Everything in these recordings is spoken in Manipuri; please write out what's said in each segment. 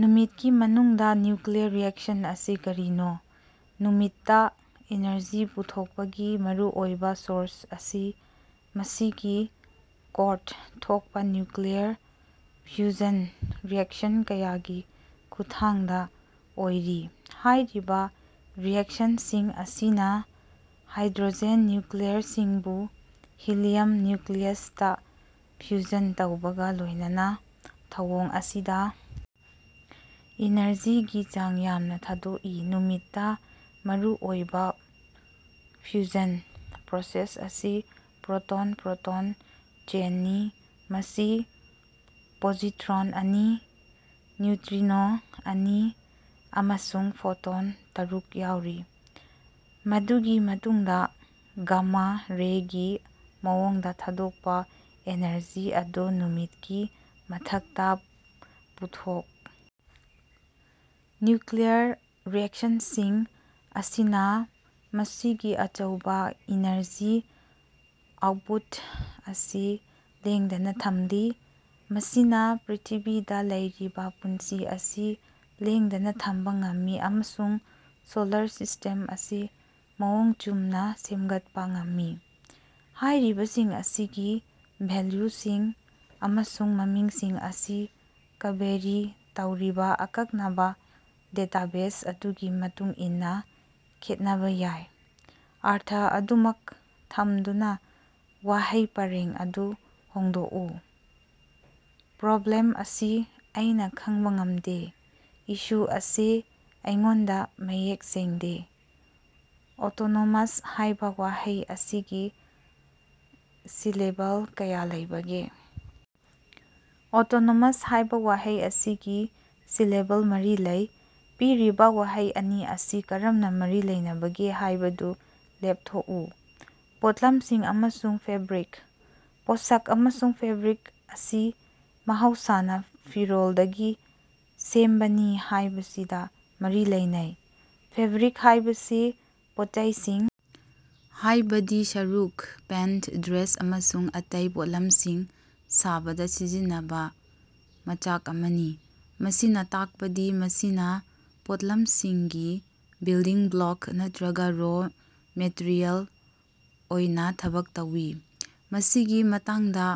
ꯅꯨꯃꯤꯠꯀꯤ ꯃꯅꯨꯡꯗ ꯅ꯭ꯌꯨꯀ꯭ꯂꯤꯌꯔ ꯔꯤꯑꯦꯛꯁꯟ ꯑꯁꯤ ꯀꯔꯤꯅꯣ? ꯅꯨꯃꯤꯠꯇ ꯏꯅꯔꯖꯤ ꯄꯨꯊꯣꯛꯄꯒꯤ ꯃꯔꯨꯑꯣꯏꯕ ꯁꯣꯔꯁ ꯑꯁꯤ ꯃꯁꯤꯒꯤ ꯀꯣꯔꯗ ꯊꯣꯛꯄ ꯅ꯭ꯌꯨꯀ꯭ꯂꯤꯌꯔ ꯐ꯭ꯌꯨꯖꯟ ꯔꯤꯑꯦꯛꯁꯟ ꯀꯌꯥꯒꯤ ꯈꯨꯠꯊꯥꯡꯗ ꯑꯣꯏꯔꯤ꯫ ꯍꯥꯏꯔꯤꯕ ꯔꯤꯑꯦꯛꯁꯟꯁꯤꯡ ꯑꯁꯤꯅ ꯍꯥꯏꯗ꯭ꯔꯣꯖꯦꯟ ꯅ꯭ꯌꯨꯀ꯭ꯂꯤꯌꯔꯁꯤꯡꯕꯨ ꯍꯤꯂꯤꯌꯝ ꯅ꯭ꯌꯨꯀ꯭ꯂꯤꯌꯁꯇ ꯐ꯭ꯌꯨꯖꯟ ꯇꯧꯕꯒ ꯂꯣꯏꯅꯅ ꯊꯧꯑꯣꯡ ꯑꯁꯤꯗ ꯏꯅꯔꯖꯤꯒꯤ ꯆꯥꯡ ꯌꯥꯝꯅ ꯊꯥꯗꯣꯛꯏ꯫ ꯅꯨꯃꯤꯠꯇ ꯃꯔꯨ ꯑꯣꯏꯕ ꯐ꯭ꯌꯨꯖꯟ ꯄ꯭ꯔꯣꯁꯦꯁ ꯑꯁꯤ ꯄ꯭ꯔꯣꯇꯣꯟ-ꯄ꯭ꯔꯣꯇꯣꯟ ꯆꯦꯟ ꯅꯤ, ꯃꯁꯤ ꯄꯣꯖꯤꯇ꯭ꯔꯣꯟ ꯑꯅꯤ, ꯅ꯭ꯌꯨꯇ꯭ꯔꯤꯅꯣ ꯑꯅꯤ, ꯑꯃꯁꯨꯡ ꯐꯣꯇꯣꯟ ꯇꯔꯨꯛ ꯌꯥꯎꯔꯤ꯫ ꯃꯗꯨꯒꯤ ꯃꯇꯨꯡꯗ ꯒꯥꯃꯥ ꯔꯦꯒꯤ ꯃꯑꯣꯡꯗ ꯊꯥꯗꯣꯛꯄ ꯑꯦꯅꯔꯖꯤ ꯑꯗꯨ ꯅꯨꯃꯤꯠꯀꯤ ꯃꯊꯛꯇ ꯄꯨꯊꯣꯛ ꯅ꯭ꯌꯨꯀ꯭ꯂꯤꯌꯔ ꯔꯤꯑꯦꯛꯁꯟꯁꯤꯡ ꯑꯁꯤꯅ ꯃꯁꯤꯒꯤ ꯑꯆꯧꯕ ꯏꯅꯔꯖꯤ ꯑꯥꯎꯠꯄꯨꯠ ꯑꯁꯤ ꯂꯦꯡꯗꯅ ꯊꯝꯂꯤ, ꯃꯁꯤꯅ ꯄ꯭ꯔꯤꯊꯤꯕꯤꯗ ꯂꯩꯔꯤꯕ ꯄꯨꯟꯁꯤ ꯑꯁꯤ ꯂꯦꯡꯗꯅ ꯊꯝꯕ ꯉꯝꯃꯤ ꯑꯃꯁꯨꯡ ꯁꯣꯂꯔ ꯁꯤꯁ꯭ꯇꯦꯝ ꯑꯁꯤ ꯃꯑꯣꯡ ꯆꯨꯝꯅ ꯁꯦꯝꯒꯠꯄ ꯉꯝꯃꯤ꯫ ꯍꯥꯏꯔꯤꯕꯁꯤꯡ ꯑꯁꯤꯒꯤ ꯚꯦꯜꯌꯨꯁꯤꯡ ꯑꯃꯁꯨꯡ ꯃꯃꯤꯡꯁꯤꯡ ꯑꯁꯤ ꯀꯕꯦꯔꯤ ꯇꯧꯔꯤꯕ ꯑꯀꯛꯅꯕ ꯗꯦꯇꯥꯕꯦꯖ ꯑꯗꯨꯒꯤ ꯃꯇꯨꯡ ꯏꯟꯅ ꯈꯦꯠꯅꯕ ꯌꯥꯏ꯫ ꯑꯔꯊ ꯑꯗꯨꯃꯛ ꯊꯝꯗꯨꯅ ꯋꯥꯍꯩ ꯄꯔꯦꯡ ꯑꯗꯨ ꯍꯣꯡꯗꯣꯛꯎ꯫ ꯄ꯭ꯔꯣꯕ꯭ꯂꯦꯝ ꯑꯁꯤ ꯑꯩꯅ ꯈꯪꯕ ꯉꯝꯗꯦ꯫ ꯏꯁꯨ ꯑꯁꯤ ꯑꯩꯉꯣꯟꯗ ꯃꯌꯦꯛ ꯁꯦꯡꯗꯦ꯫ ꯑꯣꯇꯣꯅꯣꯃꯁ ꯍꯥꯏꯕ ꯋꯥꯍꯩ ꯑꯁꯤꯒꯤ ꯁꯤꯂꯦꯕꯜ ꯀꯌꯥ ꯂꯩꯕꯒꯦ? ꯑꯣꯇꯣꯅꯣꯃꯁ ꯍꯥꯏꯕ ꯋꯥꯍꯩ ꯑꯁꯤꯒꯤ ꯁꯤꯂꯦꯕꯜ ꯃꯔꯤ ꯂꯩ꯫ ꯄꯤꯔꯤꯕ ꯋꯥꯍꯩ ꯑꯅꯤ ꯑꯁꯤ ꯀꯔꯝꯅ ꯃꯔꯤ ꯂꯩꯅꯕꯒꯦ ꯍꯥꯏꯕꯗꯨ ꯂꯦꯞ ꯊꯣꯛꯎ꯫ ꯄꯣꯠꯂꯝꯁꯤꯡ ꯑꯃꯁꯨꯡ ꯐꯦꯕ꯭ꯔꯤꯛ꯫ ꯄꯣꯠꯁꯛ ꯑꯃꯁꯨꯡ ꯐꯦꯕ꯭ꯔꯤꯛ ꯑꯁꯤ ꯃꯍꯧꯁꯥꯅ ꯐꯤꯔꯣꯜꯗꯒꯤ ꯁꯦꯝꯕꯅꯤ ꯍꯥꯏꯕꯁꯤꯗ ꯃꯔꯤ ꯂꯩꯅꯩ꯫ ꯐꯦꯕ꯭ꯔꯤꯛ ꯍꯥꯏꯕꯁꯤ ꯄꯣꯠꯆꯩꯁꯤꯡ ꯍꯥꯏꯕꯗꯤ ꯁꯔꯨꯛ, ꯄꯦꯟꯠ, ꯗ꯭ꯔꯦꯁ, ꯑꯃꯁꯨꯡ ꯑꯇꯩ ꯄꯣꯠꯂꯝꯁꯤꯡ ꯁꯥꯕꯗ ꯁꯤꯖꯤꯟꯅꯕ ꯃꯆꯥꯛ ꯑꯃꯅꯤ, ꯃꯁꯤꯅ ꯇꯥꯛꯄꯗꯤ ꯃꯁꯤꯅ ꯄꯣꯠꯂꯝꯁꯤꯡꯒꯤ ꯕꯤꯜꯗꯤꯡ ꯕ꯭ꯂꯣꯛ ꯅꯠꯇ꯭ꯔꯒ ꯔꯣ ꯃꯦꯇꯔꯤꯌꯦꯜ ꯑꯣꯏꯅ ꯊꯕꯛ ꯇꯧꯏ꯫ ꯃꯁꯤꯒꯤ ꯃꯇꯥꯡꯗ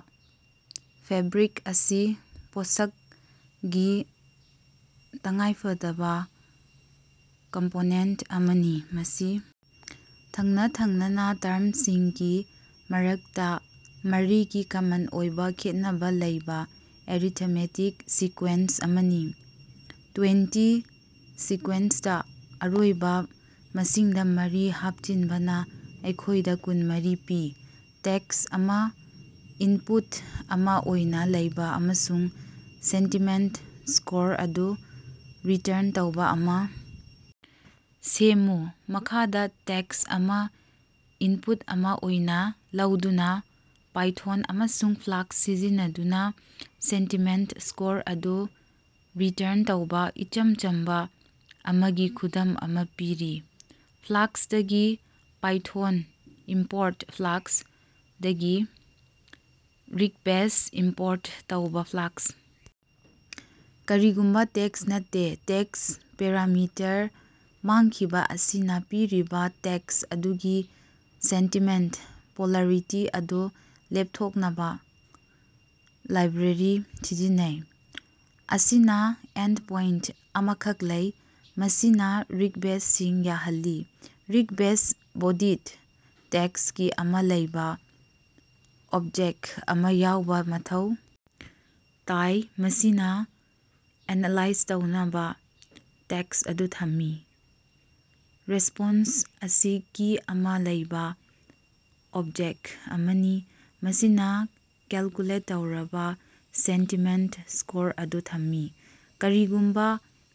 ꯐꯦꯕ꯭ꯔꯤꯛ ꯑꯁꯤ ꯄꯣꯠꯁꯛ ꯒꯤ ꯇꯉꯥꯏꯐꯗꯕ ꯀꯝꯄꯣꯅꯦꯟꯠ ꯑꯃꯅꯤ꯫ ꯃꯁꯤ ꯊꯪꯅ-ꯊꯪꯅꯅ ꯇꯔꯝꯁꯤꯡꯒꯤ ꯃꯔꯛꯇ ꯃꯔꯤꯒꯤ ꯀꯃꯟ ꯑꯣꯏꯕ ꯈꯦꯠꯅꯕ ꯂꯩꯕ ꯑꯦꯔꯤꯊꯃꯦꯇꯤꯛ ꯁꯤꯀꯨ꯭ꯌꯦꯟꯁ ꯑꯃꯅꯤ꯫ ꯇꯨ꯭ꯋꯦꯟꯇꯤ ꯁꯤꯀꯨ꯭ꯌꯦꯟꯁꯇ ꯑꯔꯣꯏꯕ ꯃꯁꯤꯡꯗ ꯃꯔꯤ ꯍꯥꯞꯆꯤꯟꯕꯅ ꯑꯩꯈꯣꯏꯗ ꯀꯨꯟꯃꯔꯤ ꯄꯤ꯫ ꯇꯦꯛꯁ ꯑꯃ ꯏꯟꯄꯨꯠ ꯑꯃ ꯑꯣꯏꯅ ꯂꯧꯕ ꯑꯃꯁꯨꯡ ꯁꯦꯟꯇꯤꯃꯦꯟꯠ ꯁ꯭ꯀꯣꯔ ꯑꯗꯨ ꯔꯤꯇꯔꯟ ꯇꯧꯕ ꯑꯃ ꯁꯦꯝꯃꯨ꯫ ꯃꯈꯥꯗ ꯇꯦꯛꯁ ꯑꯃꯥ ꯏꯟꯄꯨꯠ ꯑꯃ ꯑꯣꯏꯅ ꯂꯧꯗꯨꯅ ꯄꯥꯏꯊꯣꯟ ꯑꯃꯁꯨꯡ ꯐ꯭ꯂꯥꯛꯁ ꯁꯤꯖꯤꯟꯅꯗꯨꯅ ꯁꯦꯟꯇꯤꯃꯦꯟꯠ ꯁ꯭ꯀꯣꯔ ꯑꯗꯨ ꯔꯤꯇꯔꯟ ꯇꯧꯕ ꯏꯆꯝ ꯆꯝꯕ ꯑꯃꯒꯤ ꯈꯨꯗꯝ ꯑꯃ ꯄꯤꯔꯤ꯫ ꯐ꯭ꯂꯥꯛꯁ ꯇꯒꯤ ꯄꯥꯏꯊꯣꯟ ꯏꯝꯄꯣꯔꯠ ꯐ꯭ꯂꯥꯛꯁ, ꯗꯒꯤ ꯔꯤꯛꯕꯦꯁ ꯏꯝꯄꯣꯔꯠ ꯇꯧꯕ ꯐ꯭ꯂꯥꯛꯁ꯫ ꯀꯔꯤꯒꯨꯝꯕ ꯇꯦꯛꯁ ꯅꯠꯇꯦ: ꯇꯦꯛꯁ ꯄꯦꯔꯥꯃꯤꯇꯔ ꯃꯥꯡꯈꯤꯕ ꯑꯁꯤꯅ ꯄꯤꯔꯤꯕ ꯇꯦꯛꯁ ꯑꯗꯨꯒꯤ ꯁꯦꯟꯇꯤꯃꯦꯟꯠ ꯄꯣꯂꯥꯔꯤꯇꯤ ꯑꯗꯨ ꯂꯦꯞꯊꯣꯛꯅꯕ ꯂꯥꯏꯕ꯭ꯔꯦꯔꯤ ꯁꯤꯖꯤꯟꯅꯩ꯫ ꯑꯁꯤꯅ ꯑꯦꯟꯗꯄꯣꯏꯟꯠ ꯑꯃꯈꯛ ꯂꯩ, ꯃꯁꯤꯅ ꯔꯤꯛꯕꯦꯁꯁꯤꯡ ꯌꯥꯍꯜꯂꯤ꯫ ꯔꯤꯛꯕꯦꯁ ꯕꯣꯗꯤꯗ ꯇꯦꯛꯁ ꯀꯤ ꯑꯃ ꯂꯩꯕ ꯑꯣꯕꯖꯦꯛ ꯑꯃ ꯌꯥꯎꯕ ꯃꯊꯧ ꯇꯥꯏ, ꯃꯁꯤꯅ ꯑꯦꯅꯥꯂꯥꯏꯖ ꯇꯧꯅꯕ ꯇꯦꯛꯁ ꯑꯗꯨ ꯊꯝꯃꯤ꯫ ꯔꯦꯁꯄꯣꯟꯁ ꯑꯁꯤ ꯀꯤ ꯑꯃ ꯂꯩꯕ ꯑꯣꯕꯖꯦꯛ ꯑꯃꯅꯤ, ꯃꯁꯤꯅ ꯀꯦꯜꯀꯨꯂꯦꯠ ꯇꯧꯔꯕ ꯁꯦꯟꯇꯤꯃꯦꯟꯠ ꯁ꯭ꯀꯣꯔ ꯑꯗꯨ ꯊꯝꯃꯤ꯫ ꯀꯔꯤꯒꯨꯝꯕ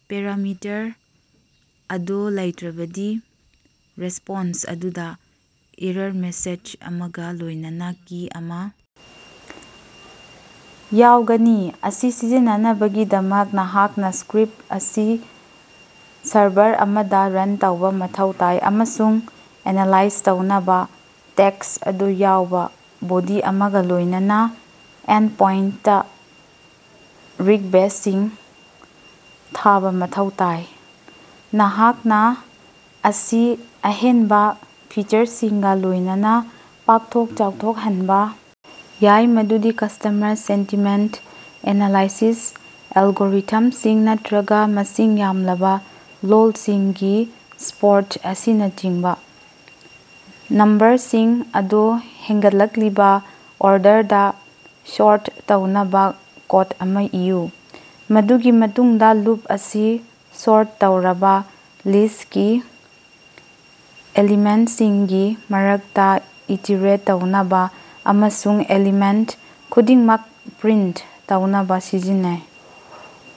ꯄꯦꯔꯥꯃꯤꯇꯔ ꯑꯗꯨ ꯂꯩꯇ꯭ꯔꯕꯗꯤ, ꯔꯦꯁꯄꯣꯟꯁ ꯑꯗꯨꯗ ꯑꯦꯔꯔ ꯃꯦꯁꯦꯖ ꯑꯃꯒ ꯂꯣꯏꯅꯅ ꯀꯤ ꯑꯃ ꯌꯥꯎꯒꯅꯤ, ꯑꯁꯤ ꯁꯤꯖꯤꯟꯅꯅꯕꯒꯤꯗꯃꯛ, ꯅꯍꯥꯛꯅ ꯁ꯭ꯀꯔꯤꯞ ꯑꯁꯤ ꯁꯔꯚꯔ ꯑꯃꯗ ꯔꯟ ꯇꯧꯕ ꯃꯊꯧ ꯇꯥꯏ ꯑꯃꯁꯨꯡ ꯑꯦꯅꯥꯂꯥꯏꯖ ꯇꯧꯅꯕ ꯇꯦꯛꯁ ꯑꯗꯨ ꯌꯥꯎꯕ ꯕꯣꯗꯤ ꯑꯃꯒ ꯂꯣꯏꯅꯅ ꯑꯦꯟꯄꯣꯏꯟꯠꯇ ꯔꯤꯛꯕꯦꯁꯁꯤꯡ ꯊꯥꯕ ꯃꯊꯧ ꯇꯥꯏ꯫ ꯅꯍꯥꯛꯅ ꯑꯁꯤ ꯑꯍꯦꯟꯕ ꯐꯤꯆꯔꯁꯤꯡꯒ ꯂꯣꯏꯅꯅ ꯄꯥꯛꯊꯣꯛ ꯆꯥꯎꯊꯣꯛꯍꯟꯕ ꯌꯥꯏ, ꯃꯗꯨꯗꯤ ꯀꯁꯇꯃꯔ ꯁꯦꯟꯇꯤꯃꯦꯟꯠ ꯑꯦꯅꯥꯂꯥꯏꯁꯤꯁ ꯑꯦꯜꯒꯣꯔꯤꯊꯝꯁꯤꯡ ꯅꯠꯇ꯭ꯔꯒ ꯃꯁꯤꯡ ꯌꯥꯝꯂꯕ ꯂꯣꯜꯁꯤꯡꯒꯤ ꯁꯄꯣꯔꯠ ꯑꯁꯤꯅꯆꯤꯡꯕ꯫ ꯅꯝꯕꯔꯁꯤꯡ ꯑꯗꯨ ꯍꯦꯟꯒꯠꯂꯛꯂꯤꯕ ꯑꯣꯔꯗꯔꯗ ꯁꯣꯔꯠ ꯇꯧꯅꯕ ꯀꯣꯗ ꯑꯃ ꯏꯌꯨ꯫ ꯃꯗꯨꯒꯤ ꯃꯇꯨꯡꯗ ꯂꯨꯞ ꯑꯁꯤ ꯁꯣꯔꯠ ꯇꯧꯔꯕ ꯂꯤꯁꯀꯤ ꯑꯦꯂꯤꯃꯦꯟꯠꯁꯤꯡꯒꯤ ꯃꯔꯛꯇ ꯏꯇꯤꯔꯦꯠ ꯇꯧꯅꯕ ꯑꯃꯁꯨꯡ ꯑꯦꯂꯤꯃꯦꯟꯠ ꯈꯨꯗꯤꯡꯃꯛ ꯄ꯭ꯔꯤꯟꯠ ꯇꯧꯅꯕ ꯁꯤꯖꯤꯟꯅꯩ꯫